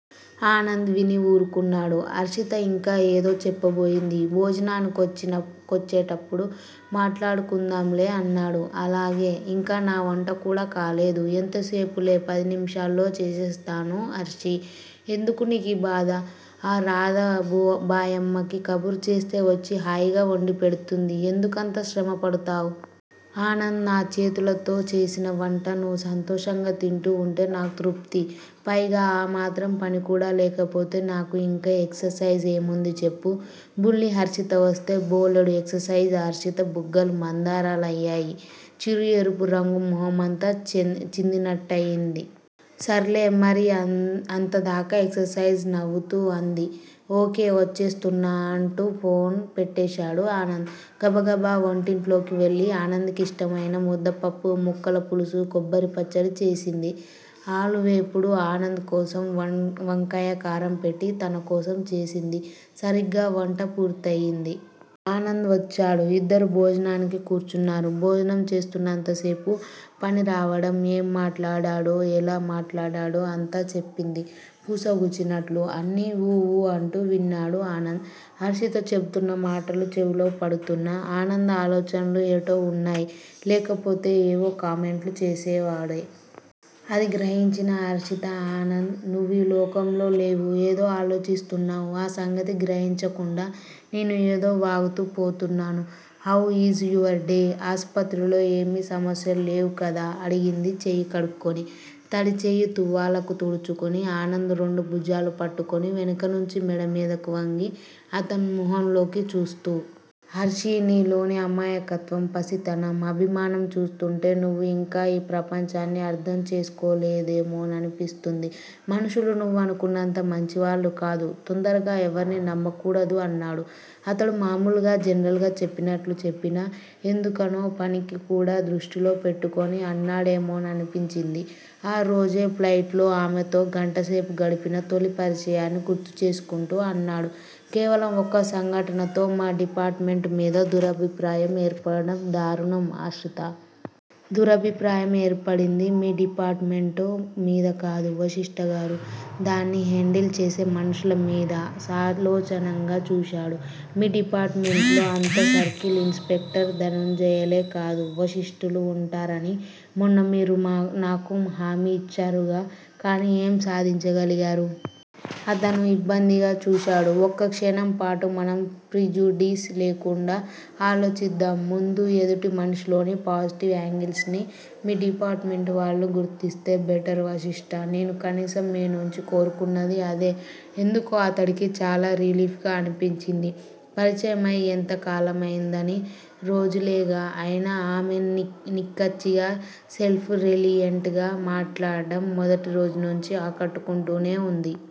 ఆనంద్ విని వూరుకున్నాడు. హర్షిత ఇంకా ఏదో చెప్పబోయింది. భోజనానికొచ్చేప్పుడు మాట్లాడుకుందాంలే అన్నాడు. అలాగే! ఇంకా నా వంట కూడా కాలేదు. ఎంత సేపులే పదినిముషాల్లో చేసేస్తాను హర్షీ! ఎందుకు నీకీబాధ,. ఆ రాధాబాయమ్మకి కబురు చేస్తే వొచ్చి హాయిగా వండి పెడుతుంది. ఎందుకంత శ్రమ పడతావ్? ఆనంద్! నాచేతులతో చేసిన వంట నువ్వు సంతోషంగా తింటూ ఉంటే నాకు తృప్తి! పైగా ఆ మాత్రం పని కూడా లేకపోతే నాకు ఇంక ఎక్సర్ సైజు ఏముంది చెప్పు? బుల్లి హర్షిత వొస్తే బోలెడు ఎక్సర్ సైజ్ హర్షిత బుగ్గలు మందారాలయ్యాయి. చిరు ఎరుపు రంగు మొహమంతా చిందినట్టయింది. సర్లే! మరి అంతదాకా ఎక్సర్ సైజ్! నవ్వుతూ అంది. ఓకే.! ఒచ్చేస్తున్నా అంటూ ఫోన్ పెట్టేశాడు ఆనంద్. గబగబా వంటింట్లోకి వెళ్ళి ఆనంద్ కిష్టమయిన ముద్దపప్పు, ముక్కల పులుసూ, కొబ్బరిపచ్చడి చేసింది. ఆలూవేపుడు ఆనంద్ కోసం, వంకాయ కారం పెట్టి తనకోసం చేసింది. సరిగ్గా వంట పూర్తయ్యింది. ఆనంద్ వచ్చాడు. ఇద్దరూ భోజనానికి కూర్చున్నారు. భోజనం చేస్తున్నంతసేపూ ఫణిరావడం, ఏం మాట్లాడాడో, ఎలా మాట్లాడాడో అంతా చెప్పింది, పూసగుచ్చినట్లు. అన్నీ 'ఊ ఊ. ' అంటూ విన్నాడు ఆనంద్! హర్షిత చెబుతున్న మాటలు చెవిలో పడుతూన్నా, ఆనంద్ ఆలోచనలు ఎటో ఉన్నాయి. లేకపోతే ఏవో కామెంట్లు చేసేవాడే! అది గ్రహించిన హర్షిత ఆనంద్! నువ్వీలోకంలో లేవు, ఏదో ఆలోచిస్తున్నావు. ఆ సంగతి గ్రహించకుండా నేను ఏదో వాగుతూ పోతున్నాను. How is your day! ఆసుపత్రిలో ఏమీ సమస్యలు లేవు కదా అడిగింది చెయ్యి కడుక్కుని. తడి చెయ్యి తువ్వాలుకు తుడుచుకుని ఆనంద్ రెండు భుజాలూ పట్టుకుని వెనకనుంచి మెడమీదకు వంగి, అతని మొహంలోకి చూస్తూ. హర్షీ! నీలోని అమాయకత్వం, పసితనం, అభిమానం చూస్తూంటే, నువ్వు ఇంకా ఈ ప్రపంచాన్ని అర్ధం చేసుకోలేదేమోననిపిస్తుంది. మనుషులు నువ్వనుకున్నంత మంచివాళ్ళు కాదు. తొందరగా ఎవర్నీ నమ్మకూడదు అన్నాడు. అతడు మామూలుగా జనరల్ గా చెప్పినట్లు చెప్పినా, ఎందుకనో ఫణిని కూడా దృష్టిలో పెట్టుకుని అన్నాడేమోననిపించింది. ఆ రోజు ఫ్లైట్ లో ఆమెతో గంటసేపు గడిపిన తొలి పరిచయాన్ని గుర్తుచేసుకుంటూ అన్నాడు- కేవలం ఒక్క సంఘటనతో మా డిపార్టుమెంటు మీద దురభిప్రాయం ఏర్పడటం దారుణం ఆశ్రితా! దురభిప్రాయం ఏర్పడింది మీ డిపార్టుమెంటు మీద కాదు వశిష్ట గారూ! దాన్ని హేండిల్ చేసే మనుషుల మీద సాలోచనగా చూశాడు. మీ డిపార్టుమెంట్ లో అంతా సర్కిల్ ఇన్స్ పెక్టర్ ధనుంజయలే కాదు వశిష్టలూ వుంటారని మొన్న మీరు నాకు హామీ ఇచ్చారుగా? కాని ఏం సాధించగలిగారు? అతను ఇబ్బందిగా చూశాడు. ఒక్క క్షణంపాటు మనం ప్రిజుడీస్ లేకుండా ఆలోచిద్దాం ముందు ఎదుటి మనిషిలోని పోజిటివ్ ఏంగిల్స్ ని మీ డిపార్టుమెంటు వాళ్ళు గుర్తిస్తే బెటరు వశిష్టా! నేను కనీసం మీనుంచి కోరుకున్నది అదే ఎందుకో అతడికి చాలా రిలీఫ్ గా అనిపించింది. పరిచయమై ఎంత కాలమైందని రోజులేగా అయినా ఆమె నిక్కచ్చిగా సెల్ఫ్ రెలియంట్ గా మాట్లాడ్డం మొదటి రోజునుంచీ ఆకట్టుకుంటూనే వుంది.